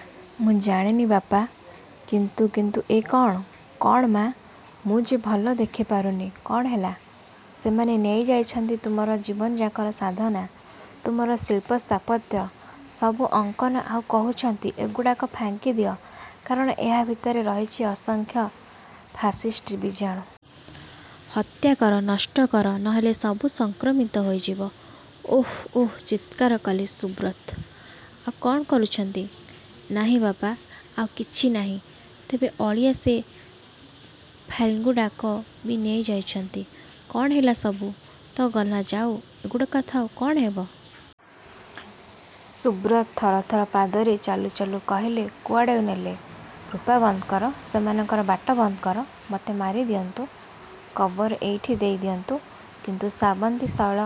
' -ମୁଁ ଜାଣେନି ବାପା, କିନ୍ତୁ… କିନ୍ତୁ… ଏ କଅଣ? ' -'କଅଣ ମାଆ, ମୁଁ ଯେ ଭଲ ଦେଖିପାରୁନି.. କଅଣ ହେଲା? ' -'ସେମାନେ ନେଇ ଯାଇଛନ୍ତି, ତୁମର ଜୀବନଯାକର ସାଧନା… ତୁମର ଶିଳ୍ପ, ସ୍ଥାପତ୍ୟ, ସବୁ ଅଙ୍କନ, ଆଉ କହୁଛନ୍ତି.. ଏଗୁଡ଼ାକ ଭାଙ୍ଗିଦିଅ, କାରଣ ଏହା ଭିତରେ ରହିଛି ଅସଂଖ୍ୟ ଫାସିଷ୍ଟ ବୀଜାଣୁ.. ହତ୍ୟାକର, ନଷ୍ଟକର….. ନହେଲେ ସବୁ ସଂକ୍ରମିତ ହୋଇଯିବ। ' 'ଓଃ-ଓଃ'-ଚିତ୍କାର କଲେ ସୁବ୍ରତ… 'ଆଉ କଅଣ କରୁଛନ୍ତି? ' -'ନାହିଁ ବାପା, ଆଉ କିଛି ନାହିଁ… ତେବେ ଅଳିଆ ସେ ଫାଇଲ୍ଗୁଡ଼ାକ ବି ନେଇଯାଇଛନ୍ତି… କଅଣ ହେବ, ସବୁ ତ ଗଲା-ଯାଉ, ଏଗୁଡ଼ାକ ଥାଇ କଅଣ ହେବ? ' ସୁବ୍ରତ ଥରଥର ପାଦରେ ଚାଲୁ ଚାଲୁ କହିଲେ–-'କୁଆଡ଼େ ନେଲେ? ରୂପା, ବନ୍ଦକର, ସେମାନଙ୍କର ବାଟ ବନ୍ଦକର। ମତେ ମାରିଦିଅନ୍ତୁ, କବର ଏଇଠି ଦେଇଦିଅନ୍ତୁ; କିନ୍ତୁ ଶ୍ରାବନ୍ତୀ, ଶୈଳ,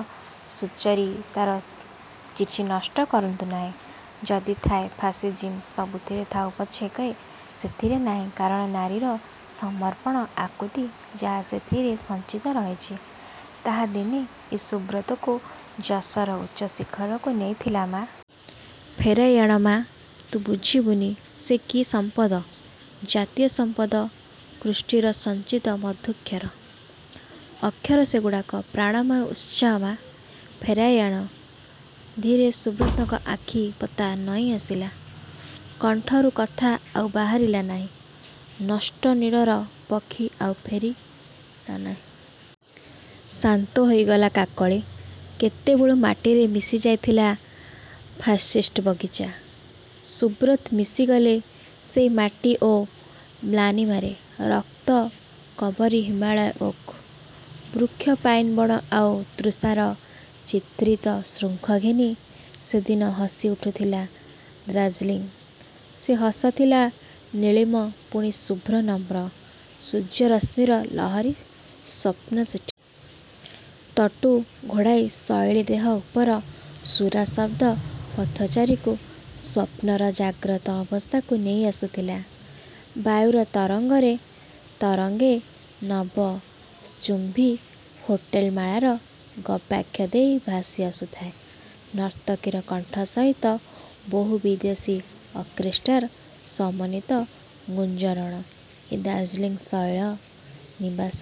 ସୁଚରିତାର ଚିଠି ନଷ୍ଟ କରନ୍ତୁନାହିଁ। ଯଦି ଥାଏ ଫାସିଜିମ୍, ସବୁଥିରେ ଥାଉ ପଛକେ ସେଥିରେ ନାହିଁ; କାରଣ ନାରୀର ସମର୍ପଣ, ଆକୂତି ଯାହା ସେଥିରେ ସଞ୍ଚିତ ରହିଛି, ତାହା ଦିନେ ଏଇ ସୁବ୍ରତକୁ ଯଶର ଉଚ୍ଚ ଶିଖରକୁ ନେଇଥିଲା ମାଆ! ଫେରାଇ ଆଣ ମାଆ, ତୁ ବୁଝିବୁନି, ସେ କି ସଂପଦ, ଜାତୀୟ ସମ୍ପଦ, କୃଷ୍ଟିର ସଞ୍ଚିତ ମଧୁକ୍ଷର। ଅକ୍ଷର ସେଗୁଡ଼ାକ। ପ୍ରାଣମୟ ଉତ୍ସାହ, ମାଆ! ଫେରାଇ ଆଣ। ' ଧୀରେ ସୁବ୍ରତଙ୍କ ଆଖି ପତା ନଇଁଆସିଲା। କଣ୍ଠରୁ କଥା ଆଉ ବାହାରିଲା ନାହିଁ। ନଷ୍ଟ ନୀଡ଼ର ପକ୍ଷୀ ଆଉ ଫେରିଲାନାହିଁ। ଶାନ୍ତ ହୋଇଗଲା କାକଳି। କେତେବେଳୁ ମାଟିରେ ମିଶି ଯାଇଥିଲା ଫାସିଷ୍ଟ ବଗିଚା। ସୁବ୍ରତ ମିଶିଗଲେ ସେଇ ମାଟି ଓ ମ୍ଲାନିମାରେ..। ରକ୍ତ କରବୀ ହିମାଳୟ, ଓକ୍। ବୃକ୍ଷ, ପାଇନ୍ ବଣ ଆଉ ତୁଷାର ଚିତ୍ରିତ ଶୃଙ୍ଗ ଘେନି ସେଦିନ ହସିଉଠୁଥିଲା ଦାର୍ଜିଲିଙ୍ଗ। ସେ ହସ ଥିଲା ନୀଳିମ, ପୁଣି ଶୁଭ୍ର, ନମ୍ର… ସୂର୍ଯ୍ୟରଶ୍ମିର ଲହରୀ ସ୍ଵପ୍ନ ସେଠି। ତଟୁ ଘୋଡ଼ାର ଶୈଳଦେହ ଉପର ଖୁରାଶବ୍ଦ ପଥଚାରୀକୁ ସ୍ୱପ୍ନର ଜାଗ୍ରତ ଅବସ୍ଥାକୁ ନେଇଆସୁଥିଲା। ବାୟୁର ତରଙ୍ଗେ ତରଙ୍ଗେ ନଭଶ୍ଚୁମ୍ବୀ ହୋଟେଲମାଳାର ଗବାକ୍ଷ ଦେଇ ଭାସିଆସୁଥାଏ ନର୍ତ୍ତକୀର କଣ୍ଠ ସହିତ ବହୁ ବିଦେଶୀ ଅର୍କେଷ୍ଟ୍ରାର ସମନ୍ୱିତ ଗୁଞ୍ଜରଣ। ଏ ଦାର୍ଜିଲିଙ୍ଗ ଶୈଳ-ନିବାସ।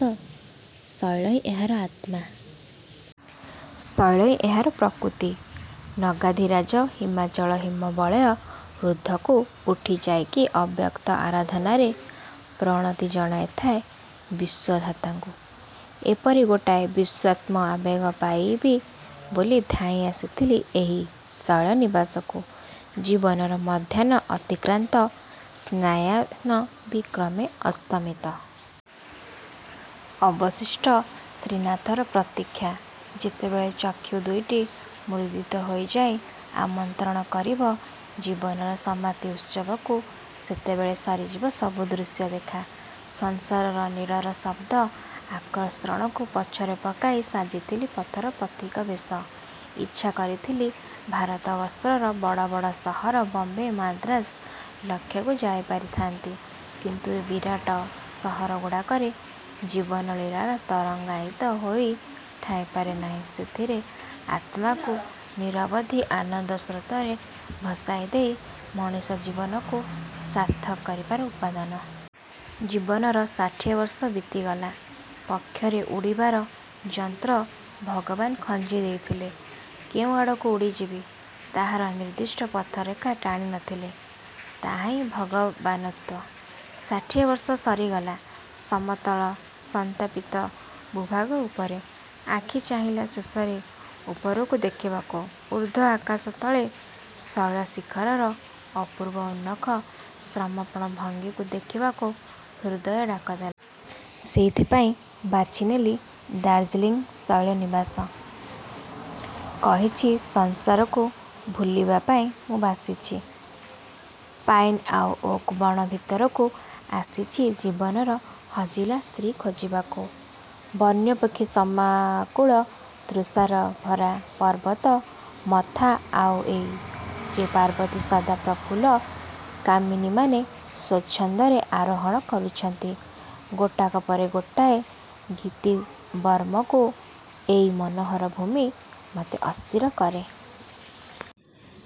ଶୈଳ ହିଁ ଏହାର ଆତ୍ମା। ଶୈଳ ହିଁ ଏହାର ପ୍ରକୃତି। ନଗାଧିରାଜ ହିମାଚଳ ହିମ ବଳୟର ଉର୍ଦ୍ଧ୍ୱକୁ ଉଠିଯାଇ କି ଅବ୍ୟକ୍ତ ଆରାଧନାରେ ପ୍ରଣତି ଜଣାଉଥାଏ ବିଶ୍ୱଧାତାଙ୍କୁ। ଏହିପରି ଗୋଟାଏ ବିଶ୍ୱାତ୍ମ ଆବେଗ ପାଇବି ବୋଲି ଧାଇଁ ଆସିଥିଲି ଏହି ଶୈଳନିବାସକୁ। ଜୀବନର ମଧ୍ୟାହ୍ନ ଅତିକ୍ରାନ୍ତ। ସାୟାହ୍ନ ବି କ୍ରମେ ଅସ୍ତମିତ। ଅବଶିଷ୍ଟ ନିଶୀଥର ପ୍ରତୀକ୍ଷା। ଯେତେବେଳେ ଚକ୍ଷୁ ଦୁଇଟି ମୁଦ୍ରିତ ହୋଇଯାଇ ଆମନ୍ତ୍ରଣ କରିବ ଜୀବନର ସମାପ୍ତି ଉତ୍ସବକୁ, ସେତେବେଳେ ସରିଯିବ ସବୁ ଦୃଶ୍ୟ ଦେଖା। ସଂସାର ନୀଡ଼ର ଶବ୍ଦ ଆକର୍ଷଣକୁ ପଛରେ ପକାଇ ସାଜିଥିଲି ପଥର ପଥିକବେଶ। ଇଚ୍ଛା କରିଥିଲେ ଭାରତବର୍ଷର ବଡ଼ ବଡ଼ ସହର ବମ୍ବେ, ମାନ୍ଦ୍ରାଜ, ଲକ୍ଷ୍ନୌକୁ ଯାଇପାରିଥାନ୍ତି; କିନ୍ତୁ ଏ ବିରାଟ ସହରଗୁଡ଼ାକରେ ଜୀବନ-ଲୀଳାର ତରଙ୍ଗାୟିତ ମୋହ ଥାଇପାରେ, ନାହିଁ ସେଥିରେ ଆତ୍ମାକୁ ନିରବଧି ଆନନ୍ଦ ସ୍ରୋତରେ ଭସାଇ ଦେଇ ମଣିଷଜୀବନକୁ ସାର୍ଥକ କରିବାର ଉପାଦାନ। ଜୀବନର ଷାଠିଏ ବର୍ଷ ବିତିଗଲା। ପକ୍ଷରେ ଉଡ଼ିବାର ଯନ୍ତ୍ର ଭଗବାନ ଖଞ୍ଜି ଦେଇଥିଲେ। କେଉଁଆଡ଼କୁ ଉଡ଼ିଯିବ, ତାହାର ନିର୍ଦ୍ଦିଷ୍ଟ ପଥରେଖା ଟାଣିନଥିଲେ। ତାହାହିଁ ଭଗବାନତ୍ଵ। ଷାଠିଏ ବର୍ଷ ସରିଗଲା ସମତଳ ସନ୍ତାପିତ ଭୂଭାଗ ଉପରେ। ଆଖି ଚାହିଁଲା ଶେଷରେ ଉପରକୁ ଦେଖିବାକୁ। ଉର୍ଦ୍ଧ୍ୱ ଆକାଶ ତଳେ ଶୈଳ ଶିଖରର ଅପୂର୍ବ ଉନ୍ମୁଖ ସମର୍ପଣ ଭଙ୍ଗୀକୁ ଦେଖିବାକୁ ହୃଦୟ ଡାକଦେଲା। ସେଥିପାଇଁ ବାଛିନେଲି ଦାର୍ଜିଲିଙ୍ଗ ଶୈଳନିବାସ। କହିଛି, ସଂସାରକୁ ଭୁଲିବା ପାଇଁ ମୁଁ ଆସିଛି। ପାଇନ୍ ଆଉ ଓକ୍ ବଣ ଭିତରକୁ ଆସିଛି ଜୀବନର ହଜିଲା ଶ୍ରୀ ଖୋଜିବାକୁ। ବନ୍ୟପକ୍ଷୀ ସମାକୁଳ ତୁଷାରଭରା ପର୍ବତ ମଥା ଆଉ ଏଇ ଯେ ପାର୍ବତ୍ୟ ସଦା ପ୍ରଫୁଲ୍ଲ କାମିନୀମାନେ ସ୍ଵଚ୍ଛନ୍ଦରେ ଆରୋହଣ କରୁଛନ୍ତି ଗୋଟାକ ପରେ ଗୋଟାଏ ଗିତିବର୍ମକୁ–ଏଇ ମନୋହର ଭୂମି ମତେ ଅସ୍ଥିର କରେ।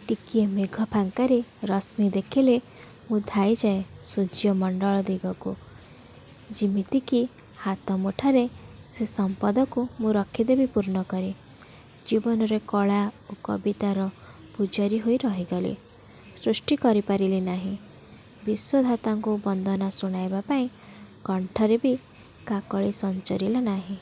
ଟିକିଏ ମେଘ ଫାଙ୍କରେ ରଶ୍ମି ଦେଖିଲେ ମୁଁ ଧାଇଁଯାଏ ସୂର୍ଯ୍ୟମଣ୍ଡଳ ଦିଗକୁ ଯିମିତିକି ହାତମୁଠାରେ ସେ ସମ୍ପଦକୁ ମୁଁ ରଖିଦେବି ପୂର୍ଣ୍ଣକରି। ଜୀବନରେ କଳା ଓ କବିତାର ପୂଜାରୀ ହୋଇ ରହିଗଲି। ସୃଷ୍ଟି କରିପାରିଲି ନାହିଁ। ବିଶ୍ଵଧାତାଙ୍କୁ ବନ୍ଦନା ଶୁଣାଇବା ପାଇଁ କଣ୍ଠରେ ବି କାକଳି ସଞ୍ଚରିଲା ନାହିଁ।